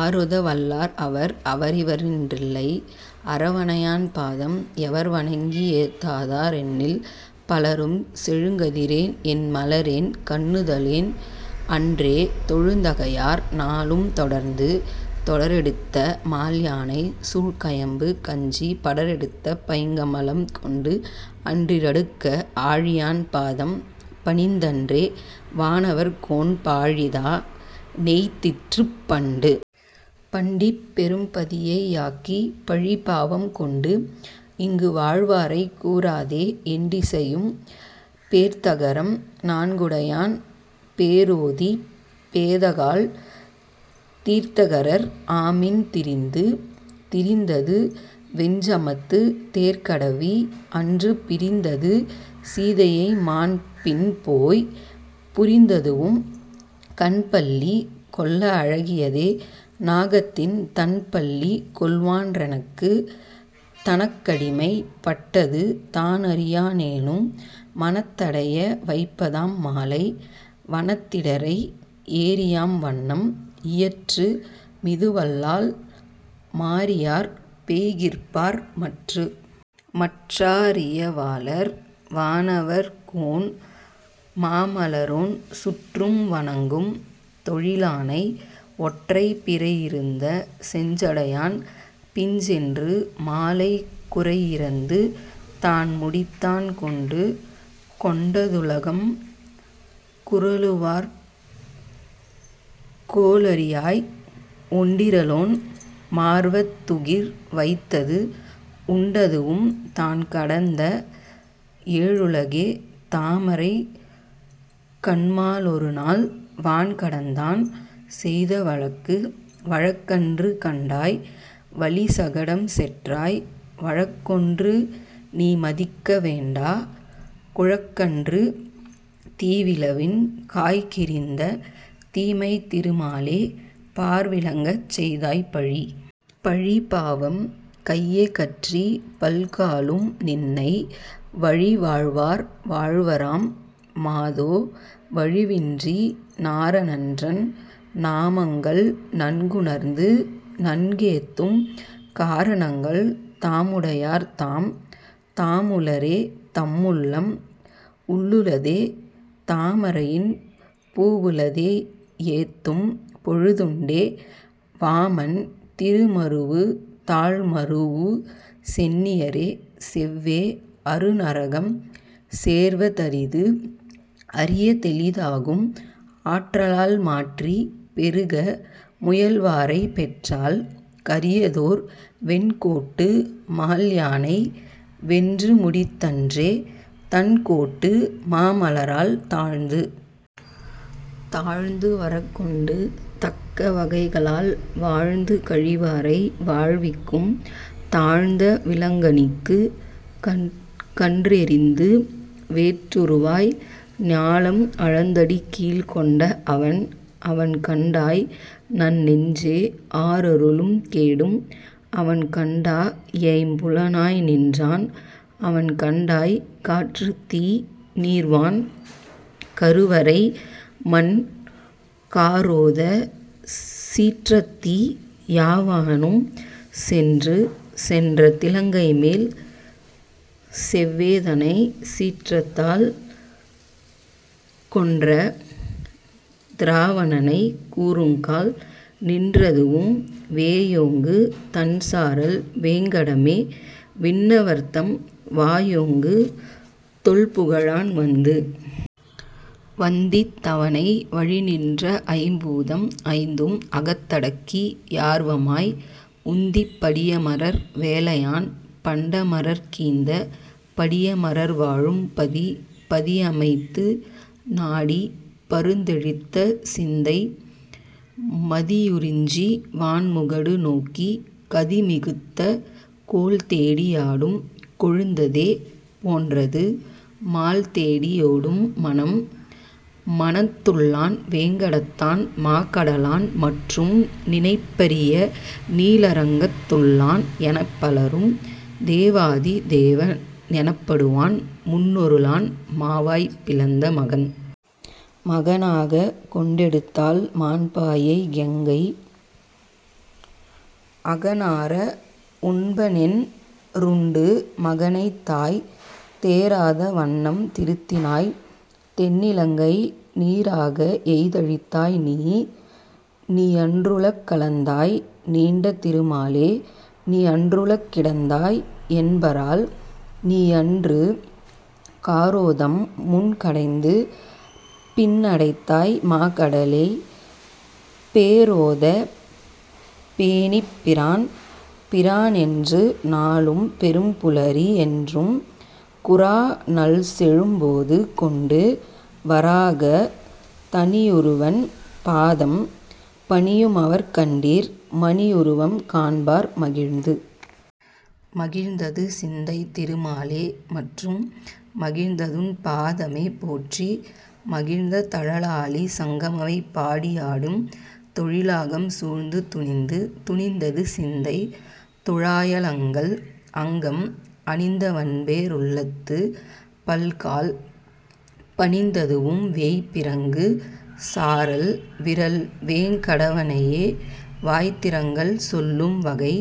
ஆரோத வல்லார் அவர்? அவரிவரென் றில்லை அரவணையான் பாதம், எவர்வணங்கி யேத்தாதா ரெண்ணில், பலரும் செழுங்கதிரோ னெண்மலரோன் கண்ணுதலோன் அன்றே தொழுந்தகையார் நாளும் தொடர்ந்து? தொடரெடுத்த மால்யானை சூழ்கயம்புக் கஞ்சிப் படரெடுத்த பைங்கமலம் கொண்டு, அன் றிடரடுக்க ஆழியான் பாதம் பணிந்தன்றே, வானவர்கோன் பாழிதா னெய்திற்றுப் பண்டு? பண்டிப் பெரும்பதியை யாக்கி பழிபாவம் கொண்டுஇங்கு வாழ்வாரைக் கூறாதே, எண்டிசையும் பேர்த்தகரம் நான்குடையான் பேரோதிப் பேதைகாள் தீர்த்தகரர் ஆமின் திரிந்து. திரிந்தது வெஞ்சமத்துத் தேர்கடவி, அன்று பிரிந்தது சீதையைமான் பின்போய், புரிந்ததுவும் கண்பள்ளி கொள்ள அழகியதே, நாகத்தின் தண்பள்ளி கொள்வான் றனக்கு. தனக்கடிமை பட்டது தானறியா னேலும் மனத்தடைய வைப்பதாம் மாலை, வனத்திடரை ஏரியாம் வண்ணம் இயற்று மிதுவல்லால், மாரியார் பெய்கிற்பார் மற்று? மற்றா ரியலாவர் வானவர்கோன் மாமலரோன், சுற்றும் வணங்கும் தொழிலானை, ஒற்றைப் பிறையிருந்த செஞ்சடையான் பிஞ்சென்று, மாலைக் குறையிரந்து தான்முடித்தான் கொண்டு. கொண்ட துலகம் குறளுருவாய்க் கோளரியாய், ஒண்டிறலோன் மார்வத் துகிர்வைத்தது உண்டதுவும் தான்கடந்த ஏழுலகே தாமரைக்கண் மாலொருநாள், வான்கடந்தான் செய்த வழக்கு. வழக்கன்று கண்டாய் வலிசகடம் செற்றாய், வழக்கொன்று நீமதிக்க வேண்டா, குழக்கன்று தீவிளவின் காய்க்கெறிந்த தீமை திருமாலே, பார்விளங்கச் செய்தாய் பழி. பழிபாவம் கையகற்றிப் பல்காலும் நின்னை, வழிவாழ்வார் வாழ்வராம் மாதோ, வழுவின்றி நாரணன்றன் நாமங்கள் நன்குணர்ந்து நன்கேத்தும், காரணங்கள் தாமுடையார் தாம். தாமுளரே தம்முள்ளம் உள்ளுளதே, தாமரையின் பூவுளதே யேத்தும் பொழுதுண்டே, வாமன் திருமருவு தாள்மரூவு சென்னியரே, செவ்வே அருநரகம் சேர்வ தரிது. அரிய தெளிதாகும் ஆற்றலால் மாற்றி, பெருக முயல்வாரைப் பெற்றால், கரியதோர் வெண்கோட்டு மால்யானை வென்றுமுடித் தன்றே, தண்கோட்டு மாமலரால் தாழ்ந்து? தாழ்ந்துவரங் கொண்டு தக்க வகைகளால் வாழ்ந்து கழிவாரை வாழ்விக்கும், தாழ்ந்த விளங்கனிக்குக் கன்றெறிந்து வேற்றுருவாய், ஞாலம் அளந்தடிக்கீழ்க் கொண்ட அவன். அவன்கண்டாய் நன்னெஞ்சே. ஆரருளும் கேடும், அவன்கண்டா யைம்புலனாய் நின்றான், அவன்கண்டாய் காற்றுத்தீ நீர்வான் கருவரைமண் காரோத, சீற்றத்தீ யாவானும் சென்று. சென்ற திலங்கைமேல் செவ்வேதன் சீற்றத்தால், கொன்ற திராவணனைக் கூறுங்கால், நின்றதுவும் வேயோங்கு தண்சாரல் வேங்கடமே, விண்ணவர்தம் வாயோங்கு தொல்புகழான் வந்து. வந்தித் தவனை வழிநின்ற ஐம்பூதம் ஐந்தும் அகத்தடக்கி யார்வமாய், உந்திப் படியமரர் வேலையான் பண்டமரர்க் கீந்த, படியமரர் வாழும் பதி. பதியமைந்து நாடிப் பருத்தெழுந்த சிந்தை, மதியுரிஞ்சி வான்முகடு நோக்கி கதிமிகுத்தங் கோல்தேடி யாடும் கொழுந்ததே போன்றதே, மால்தேடி யோடும் மனம். மனத்துள்ளான் வேங்கடத்தான் மாகடலான், மற்றும் நினைப்பரிய நீளரங்கத் துள்ளான், எனைப்பலரும் தேவாதி தேவ னெனப்படுவான், முன்னொருனாள் மாவாய் பிளந்த மகன். மகனாகக் கொண்டெடுத்தாள் மாண்பாய கொங்கை, அகனார வுண்பனென் றுண்டு, மகனைத்தாய் தேறாத வண்ணம் திருத்தினாய், தென்னிலங்கை நீறாக எய்தழித்தாய் நீ. நீயன் றுலகளந்தாய் நீண்ட திருமாலே, நீயன் றுலகிடந்தா யென்பரால், நீயன்று காரோதம் முன்கடைந்து பின்னடைத்தாய் மாகடலை, பேரோத மேனிப் பிரான். பிரானென்று நாளும் பெரும்புலரி யென்றும், குராநல் செழும்போது கொண்டு, வராகத் தணியுருவன் பாதம் பணியுமவர் கண்டீர், மணியுருவம் காண்பார் மகிழ்ந்து. மகிழ்ந்தது சிந்தை திருமாலே, மற்றும் மகிழ்ந்ததுன் பாதமே போற்றி, மகிழ்ந்த தழலாழி சங்க மவைபாடி யாடும், தொழிலாகம் சூழ்ந்து துணிந்து. துணிந்தது சிந்தை துழாயலங்கல், அங்கம் அணிந்தவன்பே ருள்ளத்துப் பல்கால், பணிந்ததுவும் வேய்பிறங்கு சாரல் விறல்வேங் கடவனையே, வாய்திறங்கள் சொல்லும் வகை.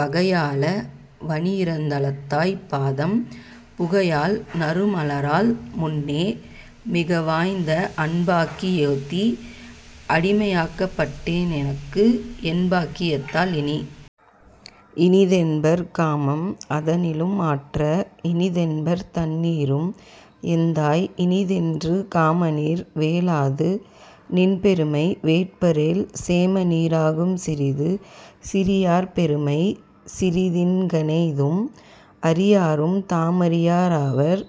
வகையா லவனி யிரந்தளந்தாய் பாதம், புகையால் நறுமலாரால் முன்னே, மிகவாய்ந்த அன்பாக்கி யேத்தி யடிமைப்பட்டேனுனக்கு, என்பாக்கி யத்தால் இனி. இனிதென்பர் காமம் அதனிலும் ஆற்ற, இனிதென்பர் தண்ணீரும் எந்தாய், இனிதென்று காமநீர் வேளாது நின்பெருமை வேட்பரேல், சேமநீ ராகும் சிறிது. சிறியார் பெருமை சிறிதின்க ணெய்தும், அறியாரும் தாமறியா ராவர்,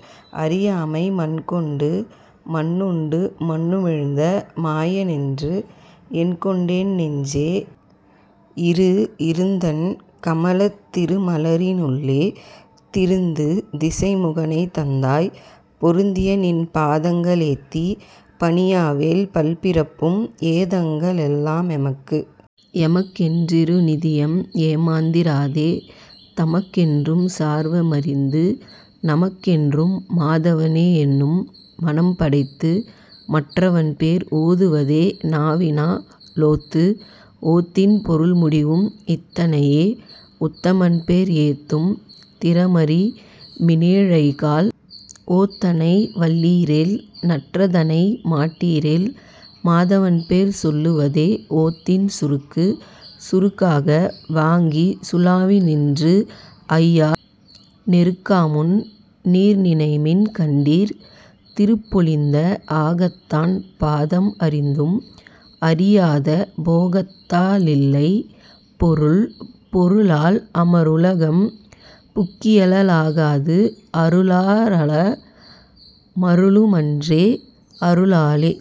அறியாமை மண்கொண்டு மண்ணுண்டு மண்ணுமிழ்ந்த மாயனென்று, எண்கொண்டேன் னெஞ்சே. இரு. இருந்தண் கமலத் திருமலரி னுள்ளே, திருந்து திசைமுகனைத் தந்தாய், பொருந்தியநின் பாதங்க ளேத்திப் பணியாவேல், பல்பிறப்பும் ஏதங்க ளெல்லா மெமக்கு. எமக்கென் றிருநிதியம் ஏமாந்தி ராதே, தமக்கென்றும் சார்வ மறிந்து, நமக்கென்றும் மாதவனே யென்னும் மனம்படைத்து மற்றவன்பேர் ஓதுவதே நாவினா லோத்து. ஓத்தின் பொருள்முடிவும் இத்தனையே, உத்தமன்பேர் ஏத்தும் திறமறிமி னேழைகாள், ஓத்தனை வல்லீரேல் நன்றதனை மாட்டீரேல், மாதவன்பேர் சொல்லுவதே ஓத்தின் சுருக்கு. சுருக்காக வாங்கிச் சுலாவினின்று ஐயார் நெருக்காமுன் நீர்நினைமின் கண்டீர், திருப்பொலிந்த ஆகத்தான் பாதம் அறிந்தும், அறியாத போகத்தா லில்லை பொருள். பொருளால் அமருலகம் புக்கியல லாகாது அருளா லறமருளு மன்றே, அருளாலே।